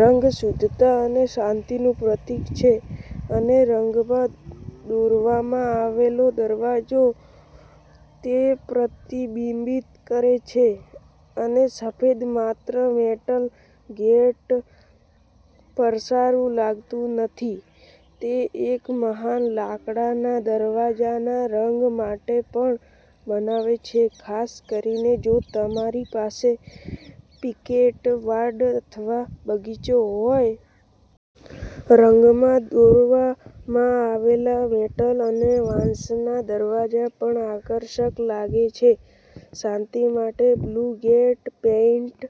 રંગ શુદ્ધતા અને શાંતિનું પ્રતીક છે અનેરંગમાં દોરવામાં આવેલો દરવાજો તેપ્રતિબિંબિત કરે છે. અને સફેદ માત્ર મેટલ ગેટ પરસારું લાગતું નથી. તે એક મહાન લાકડાના દરવાજાના રંગ માટે પણ બનાવે છે, ખાસ કરીને જો તમારી પાસે પિકેટ વાડ અથવા બગીચો હોય. રંગમાં દોરવામાં આવેલા મેટલ અને વાંસના દરવાજા પણ આકર્ષક લાગે છે. શાંતિ માટે blue gate paint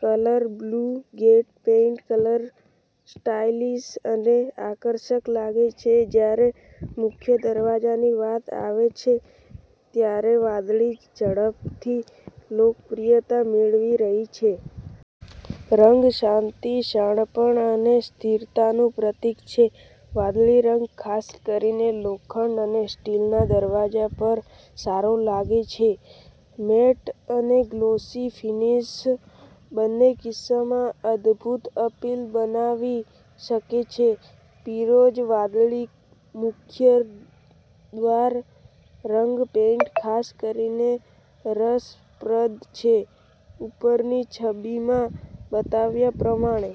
colour blue gate paint colour stylish અને આકર્ષક લાગે છે જ્યારે મુખ્ય દરવાજાની વાત આવે છે ત્યારે વાદળી ઝડપથી લોકપ્રિયતા મેળવી રહી છે. રંગ શાંતિ, શાણપણ અને સ્થિરતાનું પ્રતીક છે. વાદળી રંગ ખાસ કરીને લોખંડ અને સ્ટીલના દરવાજા પર સારો લાગે છે. મેટ અને ગ્લોસી ફિનીશ બંનેકિસ્સામાં અદભૂત અપીલ બનાવી શકે છે. પીરોજ વાદળી મુખ્ય દ્વાર રંગ પેઇન્ટ ખાસ કરીને રસપ્રદ છે, ઉપરની છબીમાં બતાવ્યા પ્રમાણે.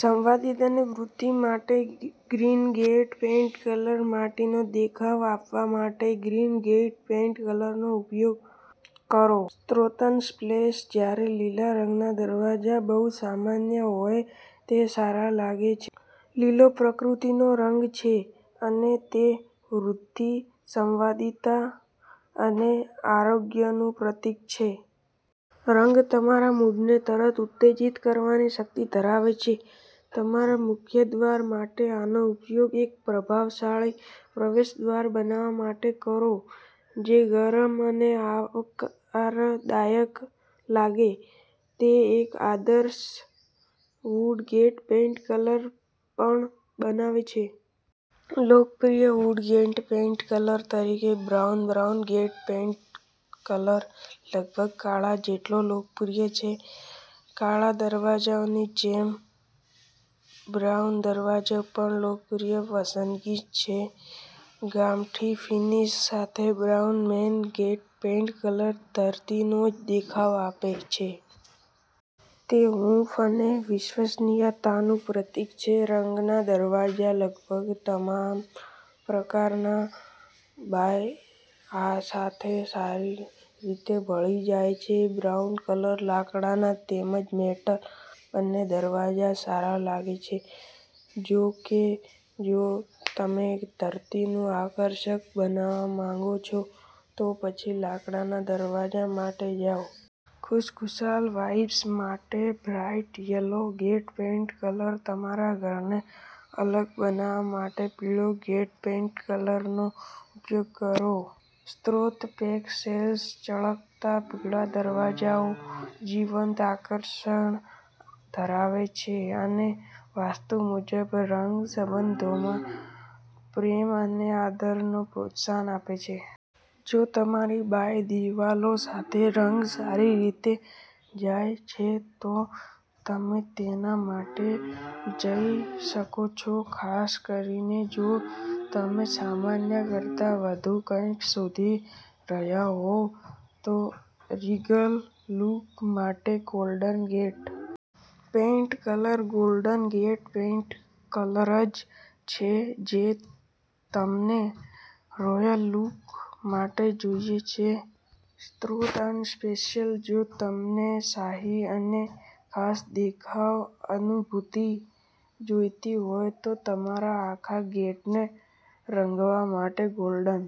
સંવાદિતા અને વૃદ્ધિ માટે ગ્રીન ગેટ પેઇન્ટ કલર માટીનો દેખાવ આપવા માટે ગ્રીન ગેટ પેઇન્ટ કલરનો ઉપયોગ કરો સ્રોતઅનસ્પ્લેશજ્યારે લીલા રંગના દરવાજા બહુ સામાન્યહોય, તે સારા લાગે છે. લીલોપ્રકૃતિનો રંગ છે અને તે વૃદ્ધિ, સંવાદિતા અને આરોગ્યનું પ્રતીક છે. રંગ તમારા મૂડને તરતઉત્તેજીત કરવાની શક્તિ ધરાવે છે. તમારા મુખ્ય દ્વાર માટે આનો ઉપયોગ એક પ્રભાવશાળી પ્રવેશદ્વાર બનાવવા માટે કરો જે ગરમ અને આવકારદાયક લાગે. તે એક આદર્શ વુડ ગેટ પેઇન્ટ કલર માટે પણ બનાવે છે. લોકપ્રિય વુડ ગેટ પેઇન્ટ કલર તરીકે brown brown gate paint colour લગભગ કાળા જેટલોલોકપ્રિય છે કાળા દરવાજાઓની જેમ, બ્રાઉન દરવાજા પણ લોકપ્રિય પસંદગી છે. ગામઠી ફિનિશ સાથે brown main gate paint colour ધરતીનો દેખાવ આપે છે. તે હૂંફ અને વિશ્વસનીયતાનું પ્રતીક છે. રંગના દરવાજા લગભગ તમામ પ્રકારના બાહ્ય સાથે સારી રીતે ભળી જાય છે. બ્રાઉન કલરમાં લાકડાના તેમજ મેટલ બંને દરવાજા સારા લાગે છે. જો કે, જો તમે ધરતીનું આકર્ષણ બનાવવા માંગો છો, તો પછી લાકડાના દરવાજા માટે જાઓ. ખુશખુશાલ વાઇબ્સ માટે bright yellow gate paint colour તમારા ઘરને અલગ બનાવવા માટે પીળા ગેટ પેઇન્ટ કલરનો ઉપયોગ કરો સ્રોતપેક્સેલ્સચળકતા પીળા દરવાજાઓ જીવંત આકર્ષણ ધરાવે છે, અને વાસ્તુ મુજબ, રંગ સંબંધોમાં પ્રેમ અને આદરને પ્રોત્સાહન આપે છે. જો તમારી બાહ્ય દિવાલો સાથે રંગ સારી રીતે જાય છે, તો તમે તેના માટે જઈ શકો છો, ખાસ કરીને જો તમે સામાન્ય કરતાં વધુ કંઈક શોધી રહ્યાં હોવ. રીગલ લુક માટે golden gate paint colour golden gate paint કલરજ છે જે તમને રોયલ લુક માટે જોઈએ છે સ્રોતઅનસ્પ્લેશજો તમને શાહી અને ખાસ દેખાવ અને અનુભૂતિ જોઈતી હોય તો તમારા આખા ગેટને રંગવા માટે ગોલ્ડન